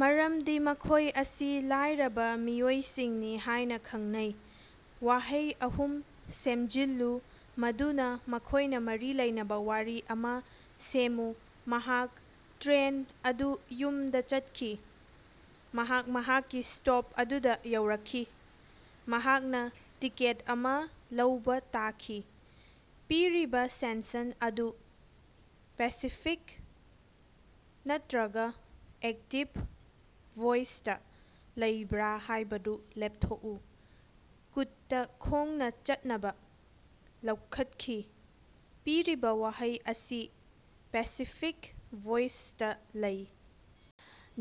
ꯃꯔꯝꯗꯤ ꯃꯈꯣꯏ ꯑꯁꯤ ꯂꯥꯏꯔꯕ ꯃꯤꯑꯣꯏꯁꯤꯡꯅꯤ ꯍꯥꯏꯅ ꯈꯪꯅꯩ꯫ ꯋꯥꯍꯩ ꯑꯍꯨꯝ ꯁꯦꯝꯖꯤꯜꯂꯨ ꯃꯗꯨꯅ ꯃꯈꯣꯏꯅ ꯃꯔꯤ ꯂꯩꯅꯕ ꯋꯥꯔꯤ ꯑꯃꯥ ꯁꯦꯝꯃꯨ꯫ ꯃꯍꯥꯛ ꯇ꯭ꯔꯦꯟ ꯑꯗꯨ ꯌꯨꯝꯗ ꯆꯠꯈꯤ꯫ ꯃꯍꯥꯛ ꯃꯍꯥꯛꯀꯤ ꯁ꯭ꯇꯣꯞ ꯑꯗꯨꯗꯥ ꯌꯧꯔꯛꯈꯤ꯫ ꯃꯍꯥꯛꯅ ꯇꯤꯀꯦꯠ ꯑꯃꯥ ꯂꯧꯕ ꯇꯥꯈꯤ꯫ ꯄꯤꯔꯤꯕꯥ ꯁꯦꯟꯁꯟ ꯑꯗꯨ ꯄꯦꯁꯤꯐꯤꯛ ꯅꯠꯇꯔꯒ ꯑꯦꯛꯇꯤꯕ ꯚꯣꯏꯁꯇ ꯂꯩꯕ꯭ꯔꯥ ꯍꯥꯏꯕꯗꯨ ꯂꯦꯞꯊꯣꯛꯎ꯫ ꯀꯨꯠꯇ ꯈꯣꯡꯅ ꯆꯠꯅꯕ ꯂꯧꯈꯠꯈꯤ꯫ ꯄꯤꯔꯤꯕꯥ ꯋꯥꯍꯩ ꯑꯁꯤ ꯄꯦꯁꯤꯐꯤꯛ ꯚꯣꯏꯁꯇ ꯂꯩ꯫।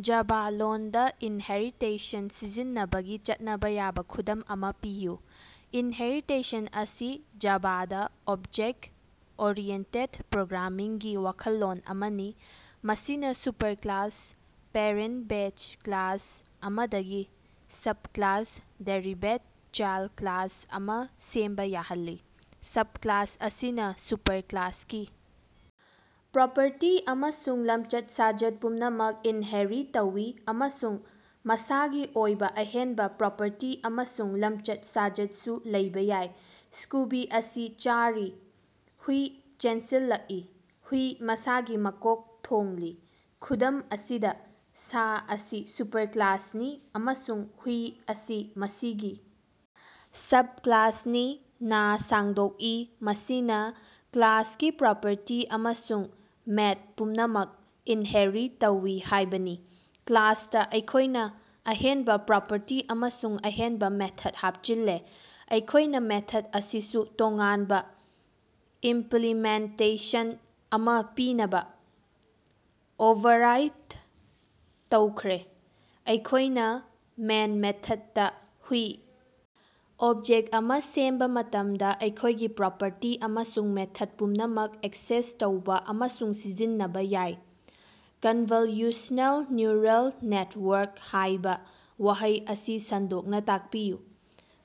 ꯖꯥꯚꯥ ꯂꯣꯟꯗ ꯏꯟꯍꯦꯔꯤꯇꯦꯁꯟ ꯁꯤꯖꯤꯟꯅꯕꯒꯤ ꯆꯠꯅꯕ ꯌꯥꯕ ꯈꯨꯗꯝ ꯑꯃꯥ ꯄꯤꯌꯨ꯫ ꯏꯟꯍꯦꯔꯤꯇꯦꯁꯟ ꯑꯁꯤ ꯖꯥꯚꯥꯗ ꯑꯣꯞꯖ‌ꯦꯛ ꯑꯣꯔꯤꯌ‌ꯦꯟꯇ‌ꯦꯠ ꯄ꯭ꯔ‌ꯣꯒ꯭ꯔꯥꯝꯃꯤꯡꯒꯤ ꯋꯥꯈꯜꯂꯣꯟ ꯑꯃꯅꯤ, ꯃꯁꯤꯅ ꯁꯨꯄꯔꯀꯂꯥꯁ ꯄꯦꯔꯦꯟꯇ ꯕꯦꯖ ꯀ꯭ꯂꯥꯁ ꯑꯃꯗꯒꯤ ꯁꯕꯀꯂꯥꯁ ꯗꯦꯔꯤꯕꯦꯗ ꯆꯥꯏꯜꯗ ꯀ꯭ꯂꯥꯁ ꯑꯃꯥ ꯁꯦꯝꯕ ꯌꯥꯍꯜꯂꯤ꯫ ꯁꯕꯀꯂꯥꯁ ꯑꯁꯤꯅ ꯁꯨꯄꯔꯀꯂꯥꯁꯀꯤ ꯄ꯭ꯔꯣꯄꯔꯇꯤ ꯑꯃꯁꯨꯡ ꯂꯝꯆꯠ-ꯁꯥꯖꯠ ꯄꯨꯝꯅꯃꯛ ꯏꯟꯍꯦꯔꯤ ꯇꯧꯏ, ꯑꯃꯁꯨꯡ ꯃꯁꯥꯒꯤ ꯑꯣꯏꯕ ꯑꯍꯦꯟꯕ ꯄ꯭ꯔꯣꯄꯔꯇꯤ ꯑꯃꯁꯨꯡ ꯂꯝꯆꯠ-ꯁꯥꯖꯠꯁꯨ ꯂꯩꯕꯥ ꯌꯥꯏ꯫ ꯁ꯭ꯀꯨꯕꯤ ꯑꯁꯤ ꯆꯥꯔꯤ꯫ ꯍꯨꯏ ꯆꯦꯟꯁꯤꯜꯂꯛꯏ꯫ ꯍꯨꯏ ꯃꯁꯥꯒꯤ ꯃꯀꯣꯛ ꯊꯣꯡꯂꯤ꯫ ꯈꯨꯗꯝ ꯑꯁꯤꯗ, ꯁꯥ ꯑꯁꯤ ꯁꯨꯄꯔꯀꯂꯥꯁꯅꯤ, ꯑꯃꯁꯨꯡ ꯍꯨꯏ ꯑꯁꯤ ꯃꯁꯤꯒꯤ ꯁꯕꯀꯂꯥꯁꯅꯤ꯫ ꯅꯥ ꯁꯥꯡꯗꯣꯛꯏ, ꯃꯁꯤꯅ ꯀ꯭ꯂꯥꯁꯀꯤ ꯄ꯭ꯔꯣꯄꯔꯇꯤ ꯑꯃꯁꯨꯡ ꯃꯦꯠ ꯄꯨꯝꯅꯃꯛ ꯏꯟꯍꯦꯔꯤ ꯇꯧꯏ ꯍꯥꯏꯕꯅꯤ꯫ ꯀ꯭ꯂꯥꯁꯇ, ꯑꯩꯈꯣꯏꯅ ꯑꯍꯦꯟꯕ ꯄ꯭ꯔꯣꯄꯔꯇꯤ ꯑꯃꯁꯨꯡ ꯑꯍꯦꯟꯕ ꯃꯦꯊꯠ ꯍꯥꯞꯆꯤꯜꯂꯦ꯫ ꯑꯩꯈꯣꯏꯅ ꯃꯦꯊꯠ ꯑꯁꯤꯁꯨ ꯇꯣꯉꯥꯟꯕ ꯏꯝꯄꯂꯤꯃꯦꯟꯇꯦꯁꯟ ꯑꯃꯥ ꯄꯤꯅꯕ ꯑꯣꯚꯔꯔꯥꯏꯗ ꯇꯧꯈ꯭ꯔꯦ꯫ ꯑꯩꯈꯣꯏꯅ ꯃꯦꯟ ꯃꯦꯊꯗꯇꯥ ꯍꯨꯏ ꯑꯣꯕꯖꯦꯛ ꯑꯃ ꯁꯦꯝꯕ ꯃꯇꯝꯗ, ꯑꯩꯈꯣꯏꯒꯤ ꯄ꯭ꯔꯣꯄꯔꯇꯤ ꯑꯃꯁꯨꯡ ꯃꯦꯊꯗ ꯄꯨꯝꯅꯃꯛ ꯑꯦꯛꯁꯦꯁ ꯇꯧꯕ ꯑꯃꯁꯨꯡ ꯁꯤꯖꯤꯟꯅꯕ ꯌꯥꯏ꯫ ꯀꯟꯚꯜꯌꯨꯁꯅꯦꯜ ꯅ꯭ꯌꯨꯔꯜ ꯅꯦꯇꯋꯥꯔꯛ ꯍꯥꯏꯕ ꯋꯥꯍꯩ ꯑꯁꯤ ꯁꯟꯗꯣꯛꯅ ꯇꯥꯛꯄꯤꯌꯨ꯫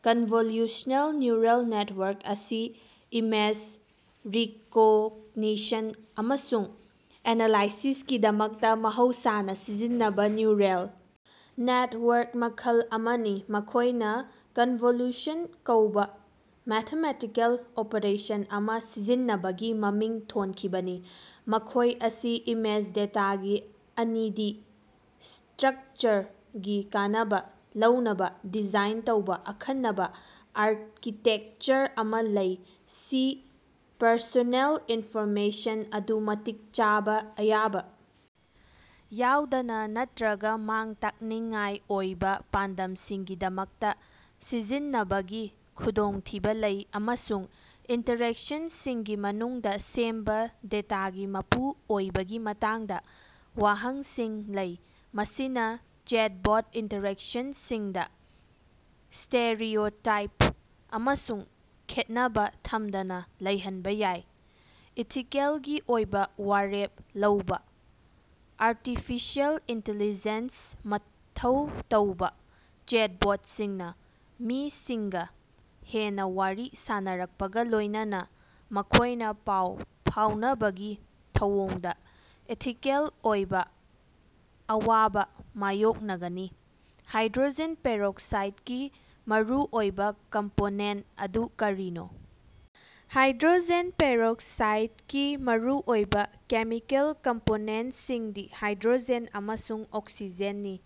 ꯀꯟꯚꯣꯂꯌꯨꯁꯅꯦꯜ ꯅ꯭ꯌꯨꯔꯜ ꯅꯦꯠꯋꯥꯔꯛ ꯑꯁꯤ ꯏꯃꯦꯖ ꯔꯤꯀꯣꯒꯅꯤꯁꯟ ꯑꯃꯁꯨꯡ ꯑꯦꯅꯥꯂꯥꯏꯁꯤꯁꯀꯤꯗꯃꯛꯇ ꯃꯍꯧꯁꯥꯅ ꯁꯤꯖꯤꯟꯅꯕ ꯅ꯭ꯌꯨꯔꯦꯜ ꯅꯦꯠꯋꯥꯔꯛ ꯃꯈꯜ ꯑꯃꯅꯤ꯫ ꯃꯈꯣꯏꯅ ꯀꯟꯚꯣꯂꯨꯁꯟ ꯀꯧꯕ ꯃꯦꯊꯃꯦꯇꯤꯀꯦꯜ ꯑꯣꯄꯔꯦꯁꯟ ꯑꯃꯥ ꯁꯤꯖꯤꯟꯅꯕꯒꯤ ꯃꯃꯤꯡ ꯊꯣꯟꯈꯤꯕꯅꯤ, ꯃꯈꯣꯏ ꯑꯁꯤ ꯏꯃꯦꯖ ꯗꯦꯇꯥꯒꯤ ꯑꯅꯤꯗꯤ ꯁ꯭ꯇꯔꯀꯆꯔꯒꯤ ꯀꯥꯟꯅꯕ ꯂꯧꯅꯕ ꯗꯤꯖꯥꯏꯟ ꯇꯧꯕ ꯑꯈꯟꯅꯕ ꯑꯥꯔꯀꯤꯇꯦꯛꯆꯔ ꯑꯃꯥ ꯂꯩ꯫ ꯁꯤ ꯄꯔꯁꯣꯅꯦꯜ ꯏꯟꯐꯣꯔꯃꯦꯁꯟ ꯑꯗꯨ ꯃꯇꯤꯛ ꯆꯥꯕ ꯑꯌꯥꯕ ꯌꯥꯎꯗꯅ ꯅꯠꯇꯔꯒ ꯃꯥꯡ-ꯇꯥꯛꯅꯤꯡꯉꯥꯏ ꯑꯣꯏꯕ ꯄꯥꯟꯗꯝꯁꯤꯡꯒꯤꯗꯃꯛꯇ ꯁꯤꯖꯤꯟꯅꯕꯒꯤ ꯈꯨꯗꯣꯡꯊꯤꯕ ꯂꯩ, ꯑꯃꯁꯨꯡ ꯏꯟꯇꯔꯦꯛꯁꯟꯁꯤꯡꯒꯤ ꯃꯅꯨꯡꯗ ꯁꯦꯝꯕ ꯗꯦꯇꯥꯒꯤ ꯃꯄꯨ ꯑꯣꯏꯕꯒꯤ ꯃꯇꯥꯡꯗ ꯋꯥꯍꯪꯁꯤꯡ ꯂꯩ꯫ ꯃꯁꯤꯅ ꯆꯦꯠꯕꯣꯠ ꯏꯟꯇꯔꯦꯛꯁꯟꯁꯤꯡꯗ ꯁ꯭ꯇꯦꯔꯤꯑꯣꯇꯥꯏꯞ ꯑꯃꯁꯨꯡ ꯈꯦꯠꯅꯕ ꯊꯝꯗꯅ ꯂꯩꯍꯟꯕ ꯌꯥꯏ꯫ ꯏꯊꯤꯀꯦꯜꯒꯤ ꯑꯣꯏꯕ ꯋꯥꯔꯦꯞ ꯂꯧꯕꯥ: ꯑꯥꯔꯇꯤꯐꯤꯁꯤꯑꯦꯜ ꯏꯟꯇ‌ꯦꯂꯤꯖ‌ꯦꯟꯁ ꯃꯊꯧ ꯇꯧꯕ ꯆꯦꯠꯕꯣꯠꯁꯤꯡꯅ ꯃꯤꯁꯤꯡꯒ ꯍꯦꯟꯅ ꯋꯥꯔꯤ ꯁꯥꯅꯔꯛꯄꯒ ꯂꯣꯏꯅꯅ ꯃꯈꯣꯏꯅ ꯄꯥꯎ ꯐꯥꯎꯅꯕꯒꯤ ꯊꯧꯑꯣꯡꯗ ꯏꯊꯤꯀꯦꯜꯒꯤ ꯑꯣꯏꯕ ꯑꯋꯥꯕ ꯃꯥꯌꯣꯛꯅꯒꯅꯤ꯫ ꯍꯥꯏꯗ꯭ꯔꯣꯖꯦꯟ ꯄꯦꯔꯣꯛꯁꯥꯏꯠꯀꯤ ꯃꯔꯨꯑꯣꯏꯕ ꯀꯝꯄꯣꯅꯦꯟ ꯑꯗꯨ ꯀꯔꯤꯅꯣ? ꯍꯥꯏꯗ꯭ꯔꯣꯖꯦꯟ ꯄꯦꯔꯣꯛꯁꯥꯏꯗꯀꯤ ꯃꯔꯨꯑꯣꯏꯕ ꯀꯦꯃꯤꯀꯦꯜ ꯀꯝꯄꯣꯅꯦꯟꯁꯤꯡꯗꯤ ꯍꯥꯏꯗ꯭ꯔꯣꯖꯦꯟ ꯑꯃꯁꯨꯡ ꯑꯣꯛꯁꯤꯖꯦꯟꯅꯤ,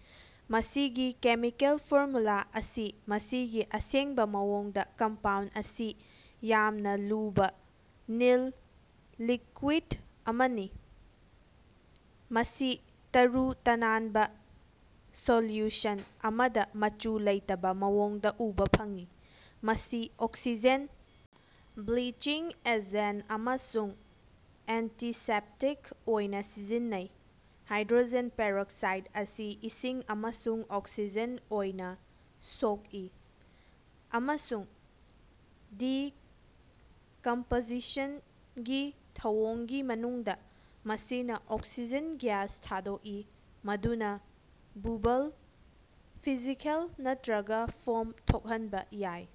ꯃꯁꯤꯒꯤ ꯀꯦꯃꯤꯀꯦꯜ ꯐꯣꯔꯃꯨꯂꯥ ꯑꯁꯤ ꯃꯁꯤꯒꯤ ꯑꯁꯦꯡꯕ ꯃꯑꯣꯡꯗ, ꯀꯝꯄꯥꯎꯟꯠ ꯑꯁꯤ ꯌꯥꯝꯅ ꯂꯨꯕ ꯅꯤꯜ ꯂꯤꯀ꯭ꯌꯨꯏꯠ ꯑꯃꯅꯤ, ꯃꯁꯤ ꯇꯔꯨ-ꯇꯅꯥꯟꯕ ꯁꯣꯂ꯭ꯌꯨꯁꯟ ꯑꯃꯗ ꯃꯆꯨ ꯂꯩꯇꯕ ꯃꯑꯣꯡꯗ ꯎꯕ ꯐꯪꯏ꯫ ꯃꯁꯤ ꯑꯣꯛꯁꯤꯖꯦꯟ, ꯕ꯭ꯂꯤꯆꯤꯡ ꯑꯦꯖꯦꯟ ꯑꯃꯁꯨꯡ ꯑꯦꯟꯇꯤꯁꯦꯞꯇꯤꯛ ꯑꯣꯏꯅ ꯁꯤꯖꯤꯟꯅꯩ꯫ ꯍꯥꯏꯗ꯭ꯔꯣꯖꯦꯟ ꯄꯦꯔꯣꯛꯁꯥꯏꯠ ꯑꯁꯤ ꯏꯁꯤꯡ ꯑꯃꯁꯨꯡ ꯑꯣꯛꯁꯤꯖꯦꯟ ꯑꯣꯏꯅ ꯁꯣꯛꯏ, ꯑꯃꯁꯨꯡ ꯗꯤꯀꯝꯄꯁꯤꯁꯟꯒꯤ ꯊꯧꯑꯣꯡꯒꯤ ꯃꯅꯨꯡꯗ, ꯃꯁꯤꯅ ꯑꯣꯛꯁꯤꯖꯦꯟ ꯒ꯭ꯌꯥꯁ ꯊꯥꯗꯣꯛꯏ ꯃꯗꯨꯅ ꯕꯨꯕꯜ, ꯐꯤꯖꯤꯀꯦꯜ ꯅꯠꯇꯔꯒ ꯐꯣꯝ ꯊꯣꯛꯍꯟꯕ ꯌꯥꯏ꯫